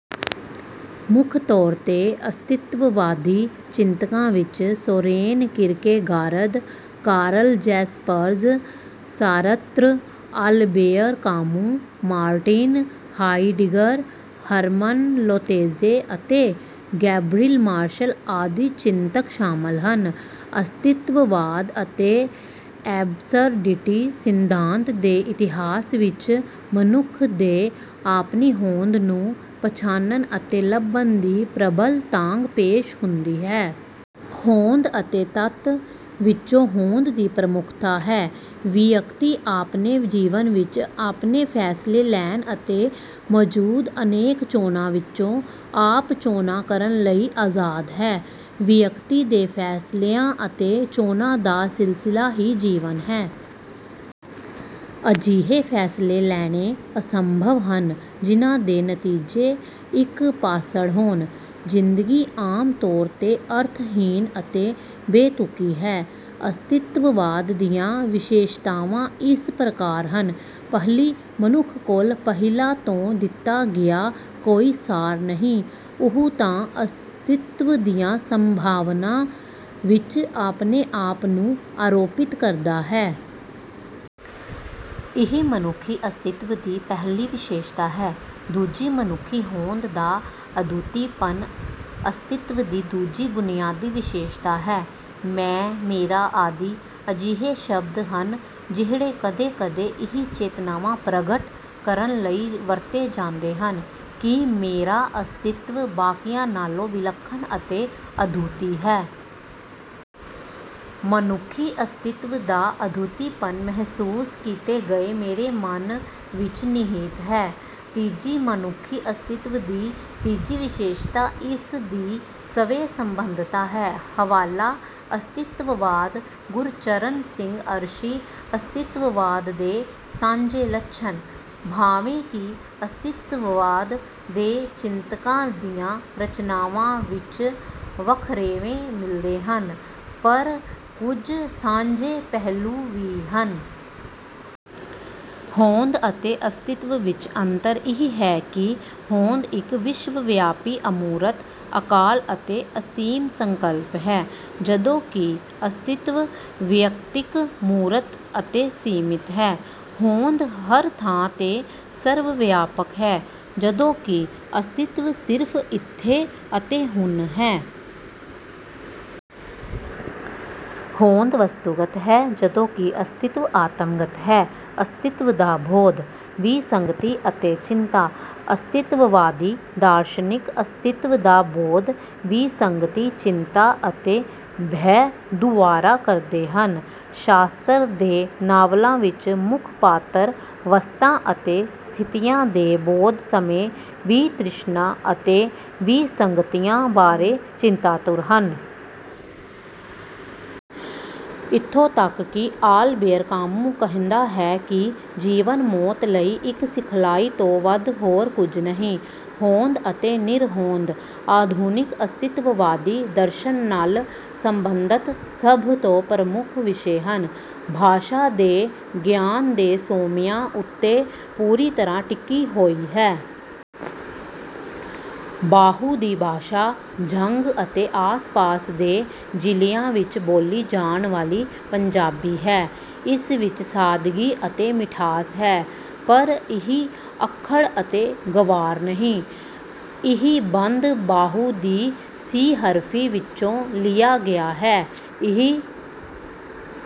ਮੁੱਖ ਤੌਰ 'ਤੇ ਅਸਤਿਤਵਵਾਦੀ ਚਿੰਤਕਾਂ ਵਿੱਚ Soren Kierkegaard, Karl Jaspers, Sartre, Albert Camus, Martin Heidegger, Hermann Lotze ਅਤੇ ਗੈਬਰੀਲ ਮਾਰਸ਼ਲ ਆਦਿ ਚਿੰਤਕ ਸ਼ਾਮਲ ਹਨ। ਅਸਤਿਤਵਵਾਦ ਅਤੇ ਐਬਸਰਡਿਟੀ ਸਿਧਾਂਤ ਦੇ ਇਤਿਹਾਸ ਵਿੱਚ ਮਨੁੱਖ ਦੇ ਆਪਣੀ ਹੋਂਦ ਨੂੰ ਪਛਾਣਨ ਅਤੇ ਲੱਭਣ ਦੀ ਪ੍ਰਬਲ ਤਾਂਘ ਪੇਸ਼ ਹੁੰਦੀ ਹੈ। ਹੋਂਦ ਅਤੇ ਤੱਤ ਵਿੱਚੋਂ ਹੋਂਦ ਦੀ ਪ੍ਰਮੁੱਖਤਾ ਹੈ। ਵਿਅਕਤੀ ਆਪਣੇ ਜੀਵਨ ਵਿੱਚ ਆਪਣੇ ਫ਼ੈਸਲੇ ਲੈਣ ਅਤੇ ਮੌਜੂਦ ਅਨੇਕਾਂ ਚੋਣਾਂ ਵਿੱਚੋਂ ਆਪ ਚੋਣਾਂ ਕਰਨ ਲਈ ਆਜ਼ਾਦ ਹੈ। ਵਿਅਕਤੀ ਦੇ ਫ਼ੈਸਲਿਆਂ ਅਤੇ ਚੋਣਾਂ ਦਾ ਸਿਲਸਿਲਾ ਹੀ ਜੀਵਨ ਹੈ। ਅਜਿਹੇ ਫ਼ੈਸਲੇ ਲੈਣੇ ਅਸੰਭਵ ਹਨ ਜਿਨ੍ਹਾਂ ਦੇ ਨਤੀਜੇ ਇੱਕ-ਪਾਸੜ ਹੋਣ। ਜ਼ਿੰਦਗੀ ਆਮ ਤੌਰ 'ਤੇ ਅਰਥਹੀਣ ਅਤੇ ਬੇਤੁਕੀ ਹੈ। ਅਸਤਿਤਵਾਦ ਦੀਆਂ ਵਿਸ਼ੇਸ਼ਤਾਵਾਂ ਇਸ ਪ੍ਰਕਾਰ ਹਨ। ਪਹਿਲੀ, ਮਨੁੱਖ ਕੋਲ ਪਹਿਲਾਂ ਤੋਂ ਦਿੱਤਾ ਗਿਆ ਕੋਈ ਸਾਰ ਨਹੀਂ, ਉਹ ਤਾਂ ਅਸਤਿਤਵ ਦੀਆਂ ਸੰਭਾਵਨਾਵਾਂ ਵਿੱਚ ਆਪਣੇ ਆਪ ਨੂੰ ਆਰੋਪਿਤ ਕਰਦਾ ਹੈ। ਇਹ ਮਨੁੱਖੀ ਅਸਤਿਤਵ ਦੀ ਪਹਿਲੀ ਵਿਸ਼ੇਸ਼ਤਾ ਹੈ। ਦੂਜੀ, ਮਨੁੱਖੀ ਹੋਂਦ ਦਾ ਅਦੁੱਤੀਪਨ ਅਸਤਿਤਵ ਦੀ ਦੂਜੀ ਬੁਨਿਆਦੀ ਵਿਸ਼ੇਸ਼ਤਾ ਹੈ। ਮੈਂ, ਮੇਰਾ ਆਦਿ ਅਜਿਹੇ ਸ਼ਬਦ ਹਨ ਜਿਹੜੇ ਕਦੇ-ਕਦੇ ਇਹ ਚੇਤਨਾਵਾ ਪ੍ਰਗਟ ਕਰਨ ਲਈ ਵਰਤੇ ਜਾਂਦੇ ਹਨ ਕਿ ਮੇਰਾ ਅਸਤਿਤਵ ਬਾਕੀਆਂ ਨਾਲੋਂ ਵਿਲੱਖਣ ਅਤੇ ਅਦੁੱਤੀ ਹੈ। ਮਨੁੱਖੀ ਅਸਤਿਤਵ ਦਾ ਅਦੁੱਤੀਪਨ ਮਹਿਸੂਸ ਕੀਤੇ ਗਏ ਮੇਰੇ ਮਨ ਵਿੱਚ ਨਿਹਿਤ ਹੈ। ਤੀਜੀ, ਮਨੁੱਖੀ ਅਸਤਿਤਵ ਦੀ ਤੀਜੀ ਵਿਸ਼ੇਸ਼ਤਾ ਇਸ ਦੀ ਸਵੈ-ਸਬੰਧਤਾ ਹੈ। ਹਵਾਲਾ: ਅਸਤਿਤਵਾਦ, ਗੁਰਚਰਨ ਸਿੰਘ ਅਰਸ਼ੀ, ਅਸਤਿਤਵਾਦ ਦੇ ਸਾਂਝੇ ਲੱਛਣ। ਭਾਵੇਂ ਕਿ ਅਸਤਿਤਵਵਾਦ ਦੇ ਚਿੰਤਕਾਂ ਦੀਆਂ ਰਚਨਾਵਾਂ ਵਿੱਚ ਵੱਖਰੇਵੇਂ ਮਿਲਦੇ ਹਨ, ਪਰ ਕੁਝ ਸਾਂਝੇ ਪਹਿਲੂ ਵੀ ਹਨ। ਹੋਂਦ ਅਤੇ ਅਸਤਿਤਵ ਵਿੱਚ ਅੰਤਰ ਇਹ ਹੈ ਕਿ ਹੋਂਦ ਇੱਕ ਵਿਸ਼ਵ ਵਿਆਪੀ, ਅਮੂਰਤ, ਅਕਾਲ ਅਤੇ ਅਸੀਮ ਸੰਕਲਪ ਹੈ, ਜਦੋਂਕਿ ਅਸਤਿਤਵ ਵਿਅਕਤਿਕ, ਮੂਰਤ ਅਤੇ ਸੀਮਤ ਹੈ। ਹੋਂਦ ਹਰ ਥਾਂ ਅਤੇ ਸਰਵ-ਵਿਆਪਕ ਹੈ ਜਦੋਂ ਕਿ ਅਸਤਿਤਵ ਸਿਰਫ਼ ਇੱਥੇ ਅਤੇ ਹੁਣ ਹੈ। ਹੋਂਦ ਵਸਤੂਗਤ ਹੈ ਜਦੋਂਕਿ ਅਸਤਿਤਵ ਆਤਮਗਤ ਹੈ। ਅਸਤਿਤਵ ਦਾ ਬੋਧ: ਵਿਸੰਗਤੀ ਅਤੇ ਚਿੰਤਾ। ਅਸਤਿਤਵਵਾਦੀ ਦਾਰਸ਼ਨਿਕ ਅਸਤਿਤਵ ਦਾ ਬੋਧ ਵਿਸੰਗਤੀ, ਚਿੰਤਾ ਅਤੇ ਭੈਅ ਦੁਆਰਾ ਕਰਦੇ ਹਨ। ਸ਼ਾਸਤਰ ਦੇ ਨਾਵਲਾਂ ਵਿੱਚ ਮੁੱਖ ਪਾਤਰ ਵਸਤਾਂ ਅਤੇ ਸਥਿਤੀਆਂ ਦੇ ਬੋਧ ਸਮੇਂ ਵਿਤ੍ਰਿਸ਼ਣਾ ਅਤੇ ਵਿਸੰਗਤੀਆਂ ਬਾਰੇ ਚਿੰਤਾਤੁਰ ਹਨ। ਇੱਥੋਂ ਤੱਕ ਕਿ ਆਲਬੇਅਰ ਕਾਮੂ ਕਹਿੰਦਾ ਹੈ ਕਿ ਜੀਵਨ ਮੌਤ ਲਈ ਇੱਕ ਸਿਖਲਾਈ ਤੋਂ ਵੱਧ ਹੋਰ ਕੁਝ ਨਹੀਂ। ਹੋਂਦ ਅਤੇ ਨਿਰਹੋਂਦ ਆਧੁਨਿਕ ਅਸਤਿਤਵਵਾਦੀ ਦਰਸ਼ਨ ਨਾਲ ਸਬੰਧਤ ਸਭ ਤੋਂ ਪ੍ਰਮੁੱਖ ਵਿਸ਼ੇ ਹਨ। ਭਾਸ਼ਾ ਦੇ ਗਿਆਨ ਦੇ ਸੋਮਿਆਂ ਉੱਤੇ ਪੂਰੀ ਤਰ੍ਹਾਂ ਟਿਕੀ ਹੋਈ ਹੈ। ਬਾਹੂ ਦੀ ਭਾਸ਼ਾ ਝੰਗ ਅਤੇ ਆਸ-ਪਾਸ ਦੇ ਜ਼ਿਲ੍ਹਿਆਂ ਵਿੱਚ ਬੋਲੀ ਜਾਣ ਵਾਲੀ ਪੰਜਾਬੀ ਹੈ। ਇਸ ਵਿੱਚ ਸਾਦਗੀ ਅਤੇ ਮਿਠਾਸ ਹੈ ਪਰ ਇਹ ਅੱਖੜ ਅਤੇ ਗੰਵਾਰ ਨਹੀਂ। ਇਹ ਬੰਦ ਬਾਹੂ ਦੀ ਸੀਹਰਫ਼ੀ ਵਿੱਚੋਂ ਲਿਆ ਗਿਆ ਹੈ। ਇਹ